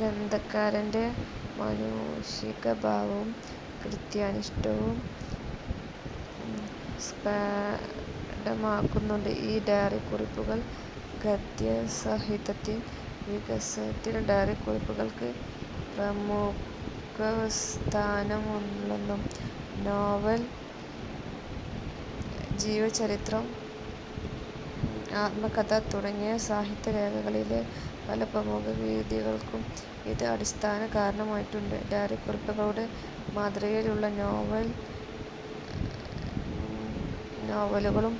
ഗ്രന്ഥകാരന്റെ മാനുഷികഭാവവും കൃത്യനിഷ്ഠയും സ്പഷ്ടമാക്കുന്നുണ്ട് ഈ ഡയറിക്കുറിപ്പുകൾ. ഗദ്യസാഹിത്യത്തിന്റെ വികാസത്തിൽ ഡയറിക്കുറിപ്പുകൾക്ക് പ്രമുഖസ്ഥാനമാണുള്ളത്. നോവൽ, ജീവചരിത്രം, ആത്മകഥ തുടങ്ങിയ സാഹിത്യ ശാഖകളിലെ പല പ്രമുഖകൃതികൾക്കും ഇത് അടിസ്ഥാന കാരണമായിട്ടുണ്ട്. ഡയറിക്കുറിപ്പുകളുടെ മാതൃകയിലുള്ള നോവലുകളും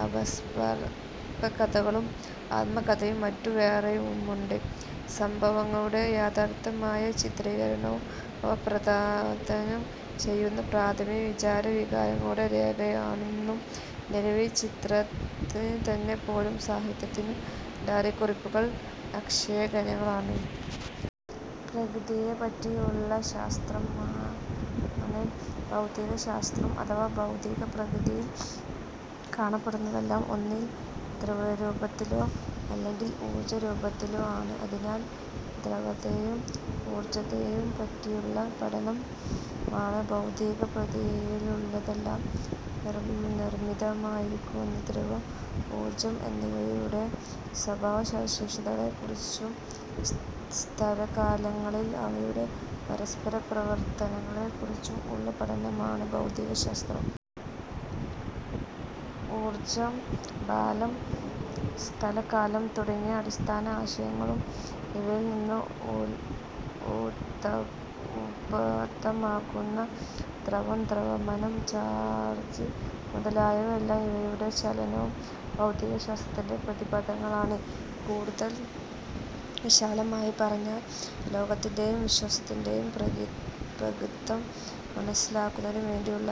അപസർപ്പകകഥകളും ആത്മകഥയും മറ്റും വേറെയുമുണ്ട്. സംഭവങ്ങളുടെ യഥാതഥമായ ചിത്രീകരണവും അവ പ്രദാനം ചെയ്യുന്ന പ്രഥമപ്രാഥമിക വിചാര വികാരങ്ങളുടെ രേഖയുമെന്ന നിലയിൽ ചരിത്രത്തിനെന്ന പോലെ സാഹിത്യത്തിനും ഡയറിക്കുറിപ്പുകൾ അക്ഷയഖനികളാണ്. പ്രകൃതിയെപ്പറ്റിയുള്ള ശാസ്ത്രമാണ് ഭൗതികശാസ്ത്രം അഥവാ ഭൗതികം. പ്രകൃതിയിൽ കാണപ്പെടുന്നതെല്ലാം ഒന്നുകിൽ ദ്രവ്യരൂപത്തിലോ അല്ലെങ്കിൽ ഊർജരൂപത്തിലോ ആണ്. അതിനാൽ ദ്രവ്യത്തെയും ഊർജ്ജത്തെയും പറ്റിയുള്ള പഠനമാണ് ഭൗതികം. പ്രകൃതിയിലുള്ളതെല്ലാം നിർമ്മിതമായിരിക്കുന്ന ദ്രവ്യം, ഊർജം എന്നിവയുടെ സ്വഭാവ സവിശേഷതകളെ കുറിച്ചും, സ്ഥലകാലങ്ങളിൽ അവയുടെ പരസ്പര പ്രവർത്തനങ്ങളെ കുറിച്ചും ഉള്ള പഠനമാണ് ഭൗതികശാസ്ത്രം. ഊർജം, ബലം, സ്ഥലകാലം തുടങ്ങിയ അടിസ്ഥാന ആശയങ്ങളും ഇവയിൽനിന്ന് ഉത്ഭൂതമാകുന്ന ദ്രവ്യം, ദ്രവ്യമാനം, ചാർജ് മുതലായവയും ഇവയുടെ ചലനവും ഭൗതികശാസ്ത്രത്തിന്റെ പ്രതിപാദ്യങ്ങളാണ്. കൂടുതൽ വിശാലമായി പറഞ്ഞാൽ, ലോകത്തിന്റെയും വിശ്വത്തിന്റെയും പ്രകൃതം മനസ്സിലാക്കുന്നതിനുവേണ്ടിയുള്ള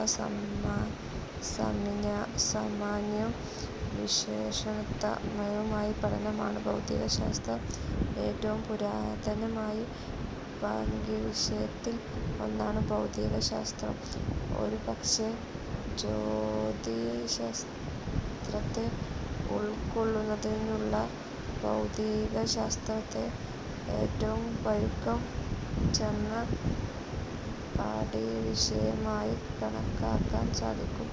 സാമാന്യവും വിശ്ലേഷണാത്മകവുമായ പഠനമാണ് ഭൗതികശാസ്ത്രം. ഏറ്റവും പുരാതനമായ പാഠ്യവിഷയങ്ങളിൽ ഒന്നാണ് ഭൗതികശാസ്ത്രം. ഒരുപക്ഷേ, ജ്യോതിശാസ്ത്രത്തെ ഉൾക്കൊള്ളുന്നതിലൂടെ ഭൗതികശാസ്ത്രത്തെ ഏറ്റവും പഴക്കം ചെന്ന പാഠ്യവിഷയമായി കണക്കാക്കാൻ സാധിക്കും.